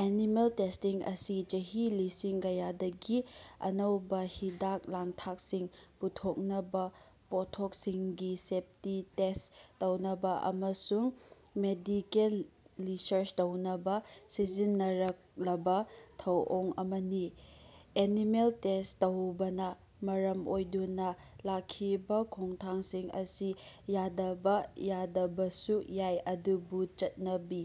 Animal testing ꯑꯁꯤ ꯆꯍꯤ ꯂꯤꯁꯤꯡ ꯀꯌꯥꯗꯒꯤ ꯑꯅꯧꯕꯥ ꯍꯤꯗꯥꯛ-ꯂꯥꯡꯊꯛꯁꯤꯡ ꯄꯨꯊꯣꯛꯅꯕꯥ, ꯄꯣꯠꯊꯣꯛꯁꯤꯡꯒꯤ ꯁꯦꯞꯇꯤ ꯇꯦꯁ ꯇꯧꯅꯕꯥ ꯑꯃꯁꯨꯡ ꯃꯦꯗꯤꯀꯦꯜ ꯔꯤꯁꯔꯆ ꯇꯧꯅꯕꯥ ꯁꯤꯖꯤꯟꯅꯔꯛꯂꯕꯥ ꯊꯧꯑꯣꯡ ꯑꯃꯅꯤ꯫ ꯑꯦꯅꯤꯃꯦꯜ ꯇꯦꯁ ꯇꯧꯕꯅꯥ ꯃꯔꯝ ꯑꯣꯏꯗꯨꯅꯥ ꯂꯥꯛꯈꯤꯕꯥ ꯈꯣꯡꯊꯥꯡꯁꯤꯡ ꯑꯁꯤ ꯌꯥꯗꯕꯥ ꯌꯥꯗꯕꯁꯨ ꯌꯥꯏ, ꯑꯗꯨꯕꯨ ꯆꯠꯅꯕꯤ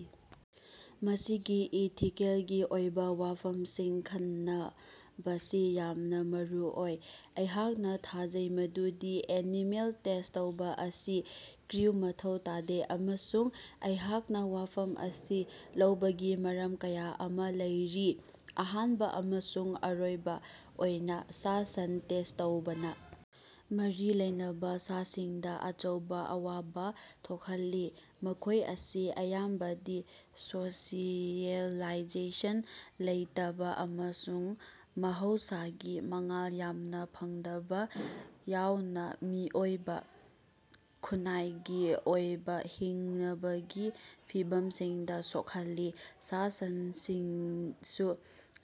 ꯑꯁꯤꯒꯤ ꯏꯊꯤꯀꯦꯜꯒꯤ ꯑꯣꯏꯕꯥ ꯋꯥꯐꯝꯁꯤꯡ ꯈꯟꯅꯕꯁꯤ ꯌꯥꯝꯅꯥ ꯃꯔꯨꯑꯣꯏ꯫ ꯑꯩꯍꯥꯛꯅꯥ ꯊꯥꯖꯩ ꯃꯗꯨꯗꯤ ꯑꯦꯅꯤꯃꯦꯜ ꯇꯦꯁ ꯇꯧꯕꯥ ꯑꯁꯤ ꯀ꯭ꯔꯤꯎ ꯃꯊꯧ ꯇꯥꯗꯦ ꯑꯃꯁꯨꯡ ꯑꯩꯍꯥꯛꯅꯥ ꯋꯥꯐꯝ ꯑꯁꯤ ꯂꯧꯕꯒꯤ ꯃꯔꯝ ꯀꯌꯥ ꯑꯃꯥ ꯂꯩꯔꯤ꯫ ꯑꯍꯥꯟꯕꯥ ꯑꯃꯁꯨꯡ ꯑꯔꯣꯏꯕꯥ ꯑꯣꯏꯅꯥ, ꯁꯥ-ꯁꯟ ꯇꯦꯁ ꯇꯧꯕꯅꯥ ꯃꯔꯤ ꯂꯩꯅꯕꯥ ꯁꯥꯁꯤꯡꯗꯥ ꯑꯆꯧꯕꯥ ꯑꯋꯥꯕꯥ ꯊꯣꯛꯍꯜꯂꯤ꯫ ꯃꯈꯣꯏ ꯑꯁꯤ ꯑꯌꯥꯝꯕꯗꯤ ꯁꯣꯁꯤꯑꯦꯂꯥꯏꯖꯦꯁꯟ ꯂꯩꯇꯕꯥ ꯑꯃꯁꯨꯡ ꯃꯍꯧꯁꯥꯒꯤ ꯃꯉꯥꯜ ꯌꯥꯝꯅꯥ ꯐꯪꯗꯕꯥ ꯌꯥꯎꯅꯥ ꯃꯤꯑꯣꯏꯕꯥ ꯈꯨꯟꯅꯥꯏꯒꯤ ꯑꯣꯏꯕꯥ ꯍꯤꯡꯅꯕꯒꯤ ꯐꯤꯚꯝꯁꯤꯡꯗꯥ ꯁꯣꯛꯍꯜꯂꯤ꯫ ꯁꯥ-ꯁꯟꯁꯤꯡꯗꯁꯨ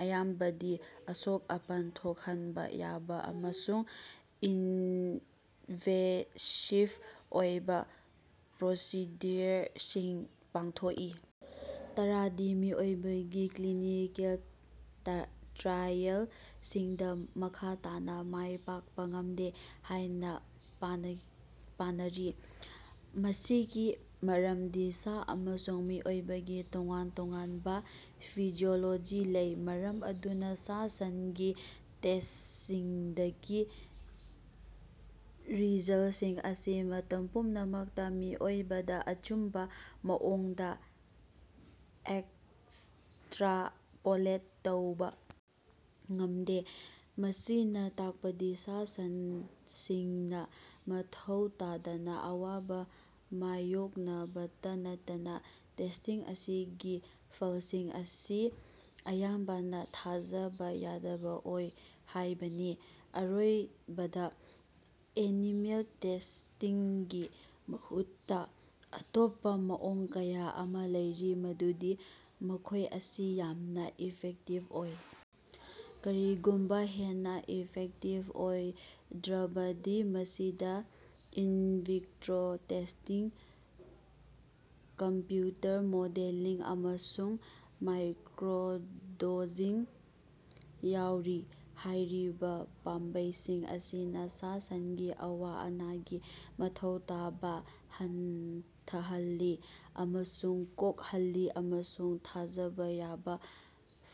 ꯑꯌꯥꯝꯕꯗꯤ ꯑꯁꯣꯛ-ꯑꯄꯟ ꯊꯣꯛꯍꯟꯕꯥ ꯌꯥꯕꯥ ꯑꯃꯁꯨꯡ ꯏꯟꯚꯦꯁꯤꯞ ꯑꯣꯏꯕꯥ ꯄ꯭ꯔꯣꯁꯤꯗ꯭ꯌꯨꯑꯣꯔꯁꯤꯡ ꯄꯥꯡꯊꯣꯛꯏ, ꯇꯔꯥꯗꯤ ꯃꯤꯑꯣꯏꯕꯒꯤ ꯀ꯭ꯂꯤꯅꯤꯀꯦꯜ ꯇ꯭ꯔꯥꯏꯑꯦꯜꯁꯤꯡꯗꯥ ꯃꯈꯥ ꯇꯥꯅꯥ ꯃꯥꯏ ꯄꯥꯛꯄꯥ ꯉꯝꯗꯦ ꯍꯥꯏꯅꯥ ꯄꯥꯅꯔꯤ꯫ ꯃꯁꯤꯒꯤ ꯃꯔꯝꯗꯤ ꯁꯥ ꯑꯃꯁꯨꯡ ꯃꯤꯑꯣꯏꯕꯒꯤ ꯇꯣꯉꯥꯟ ꯇꯣꯉꯥꯟꯕꯥ ꯐꯤꯖꯤꯑꯣꯂꯣꯖꯤ ꯂꯩ, ꯃꯔꯝ ꯑꯗꯨꯅꯥ ꯁꯥ-ꯁꯟꯒꯤ ꯇꯦꯁꯁꯤꯡꯗꯒꯤ ꯔꯤꯖꯜꯁꯤꯡ ꯑꯁꯤ ꯃꯇꯝ ꯄꯨꯝꯅꯃꯛꯇꯥ ꯃꯤꯑꯣꯏꯕꯗꯥ ꯑꯆꯨꯝꯕꯥ ꯃꯑꯣꯡꯗꯥ ꯑꯦꯛꯁꯇ꯭ꯔꯥꯄꯣꯂꯦꯠ ꯇꯧꯕꯥ ꯉꯝꯗꯦ꯫ ꯃꯁꯤꯅꯥ ꯇꯥꯛꯄꯗꯤ ꯁꯥ-ꯁꯟꯁꯤꯡꯅꯥ ꯃꯊꯧ ꯇꯥꯗꯅꯥ ꯑꯋꯥꯕꯥ ꯃꯥꯌꯣꯛꯅꯕꯇꯥ ꯅꯠꯇꯅꯥ ꯇꯦꯁꯁꯤꯡ ꯑꯁꯤꯒꯤ ꯐꯜꯁꯤꯡ ꯑꯁꯤ ꯑꯌꯥꯝꯕꯅꯥ ꯊꯥꯖꯕꯥ ꯌꯥꯗꯕꯥ ꯑꯣꯏ ꯍꯥꯏꯕꯅꯤ꯫ ꯑꯔꯣꯏꯕꯗꯥ, ꯑꯦꯅꯤꯃꯦꯜ ꯇꯦꯁꯇꯤꯡꯒꯤ ꯃꯍꯨꯠꯇꯥ ꯑꯇꯣꯞꯄꯥ ꯃꯑꯣꯡ ꯀꯌꯥ ꯑꯃꯥ ꯂꯩꯔꯤ ꯃꯗꯨꯗꯤ ꯃꯈꯣꯏ ꯑꯁꯤ ꯌꯥꯝꯅꯥ ꯏꯐꯦꯛꯇꯤꯕ ꯑꯣꯏ, ꯀꯔꯤꯒꯨꯝꯕꯥ ꯍꯦꯟꯅꯥ ꯏꯐꯦꯛꯇꯤꯕ ꯑꯣꯏꯗ꯭ꯔꯕꯗꯤ ꯃꯁꯤꯗꯥ in vitro testing, computer modelling ꯑꯃꯁꯨꯡ ꯃꯥꯏꯀ꯭ꯔꯣꯗꯣꯖꯤꯡ ꯌꯥꯎꯔꯤ꯫ ꯍꯥꯏꯔꯤꯕꯥ ꯄꯥꯝꯕꯩꯁꯤꯡ ꯑꯁꯤꯅꯥ ꯁꯥ-ꯁꯟꯒꯤ ꯑꯋꯥ-ꯑꯅꯥꯒꯤ ꯃꯊꯧ ꯇꯥꯕꯥ ꯍꯟꯊꯍꯜꯂꯤ ꯑꯃꯁꯨꯡ ꯀꯣꯛꯍꯜꯂꯤ ꯑꯃꯁꯨꯡ ꯊꯥꯖꯕꯥ ꯌꯥꯕꯥ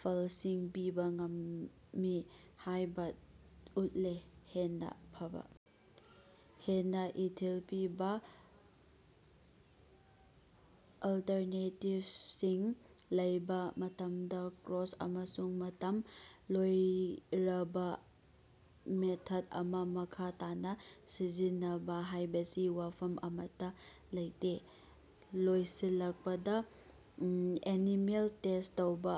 ꯐꯜꯁꯤꯡ ꯄꯤꯕꯥ ꯉꯝꯃꯤ ꯍꯥꯏꯕꯥ ꯎꯠꯂꯦ꯫ ꯍꯦꯟꯅꯥ ꯐꯕꯥ, ꯍꯦꯟꯅꯥ ꯏꯊꯤꯜ ꯄꯤꯕꯥ ꯑꯜꯇꯔꯅꯦꯇꯤꯕꯁꯤꯡ ꯂꯩꯕꯥ ꯃꯇꯝꯗꯥ ꯀ꯭ꯔꯣꯁ ꯑꯃꯁꯨꯡ ꯃꯇꯝ ꯂꯣꯏꯔꯕꯥ ꯃꯦꯊꯠ ꯑꯃꯥ ꯃꯈꯥ ꯇꯥꯅꯥ ꯁꯤꯖꯤꯟꯅꯕꯥ ꯍꯥꯏꯕꯁꯤ ꯋꯥꯐꯝ ꯑꯃꯠꯇꯥ ꯂꯩꯇꯦ꯫ ꯂꯣꯏꯁꯤꯜꯂꯛꯄꯗꯥ, ꯑꯦꯅꯤꯃꯦꯜ ꯇꯦꯁ ꯇꯧꯕꯥ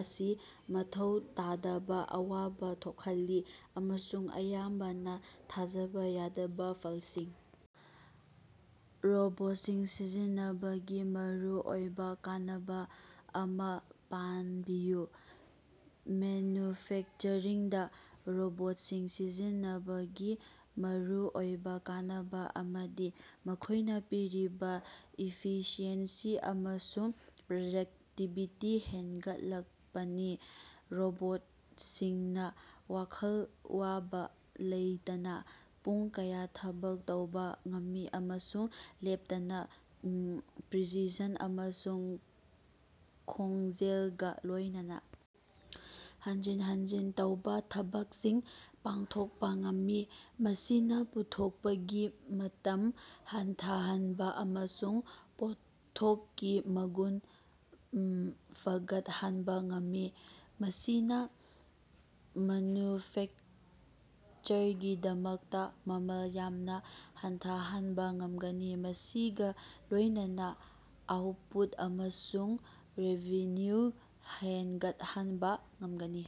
ꯑꯁꯤ ꯃꯊꯧ ꯇꯥꯗꯕꯥ ꯑꯋꯥꯕꯥ ꯊꯣꯛꯍꯜꯂꯤ ꯑꯃꯁꯨꯡ ꯑꯌꯥꯝꯕꯅꯥ ꯊꯥꯖꯕꯥ ꯌꯥꯗꯕꯥ ꯐꯜꯁꯤꯡ ꯔꯣꯕꯣꯠꯁꯤꯡ ꯁꯤꯖꯤꯟꯅꯕꯒꯤ ꯃꯔꯨꯑꯣꯏꯕꯥ ꯀꯥꯟꯅꯕꯥ ꯑꯃꯥ ꯄꯟꯕꯤꯌꯨ꯫ ꯃꯦꯅꯨꯐꯦꯛꯆꯔꯤꯡꯗꯥ ꯔꯣꯕꯣꯠꯁꯤꯡ ꯁꯤꯖꯤꯟꯅꯕꯒꯤ ꯃꯔꯨꯑꯣꯏꯕꯥ ꯀꯥꯟꯅꯕꯥ ꯑꯃꯗꯤ ꯃꯈꯣꯏꯅꯥ ꯄꯤꯔꯤꯕꯥ ꯏꯐꯤꯁꯤꯑꯦꯟꯁꯤ ꯑꯃꯁꯨꯡ ꯄ꯭ꯔꯗꯛꯇꯤꯕꯤꯇꯤ ꯍꯦꯟꯒꯠꯂꯛꯄꯅꯤ꯫ ꯔꯣꯕꯣꯠꯁꯤꯡꯅꯥ ꯋꯥꯈꯜ ꯋꯥꯕꯥ ꯂꯩꯇꯅꯥ ꯄꯨꯡ ꯀꯌꯥ ꯊꯕꯛ ꯇꯧꯕꯥ ꯉꯝꯃꯤ ꯑꯃꯁꯨꯡ ꯂꯦꯞꯇꯅꯥ ꯄ꯭ꯔꯤꯁꯤꯁꯟ ꯑꯃꯁꯨꯡ ꯈꯣꯡꯖꯦꯜꯒꯥ ꯂꯣꯏꯅꯅꯥ ꯍꯟꯖꯤꯟ ꯍꯟꯖꯤꯟ ꯇꯧꯕꯥ ꯊꯕꯛꯁꯤꯡ ꯄꯥꯡꯊꯣꯛꯄꯥ ꯉꯝꯃꯤ, ꯃꯁꯤꯅꯥ ꯄꯨꯊꯣꯛꯄꯒꯤ ꯃꯇꯝ ꯍꯟꯊꯍꯟꯕꯥ ꯑꯃꯁꯨꯡ ꯄꯣꯠꯊꯣꯛꯀꯤ ꯃꯒꯨꯟ ꯐꯒꯠꯍꯟꯕꯥ ꯉꯝꯃꯤ꯫ ꯃꯁꯤꯅꯥ ꯃꯦꯅꯨꯐꯦꯛꯆꯔꯒꯤꯗꯃꯛꯇꯥ ꯃꯃꯜ ꯌꯥꯝꯅꯥ ꯍꯟꯊꯍꯟꯕꯥ ꯉꯝꯒꯅꯤ, ꯃꯁꯤꯒꯥ ꯂꯣꯏꯅꯅꯥ ꯑꯥꯎꯠꯄꯨꯠ ꯑꯃꯁꯨꯡ ꯔꯦꯚꯤꯅ꯭ꯌꯨ ꯍꯦꯟꯒꯠꯍꯟꯕꯥ ꯉꯝꯒꯅꯤ꯫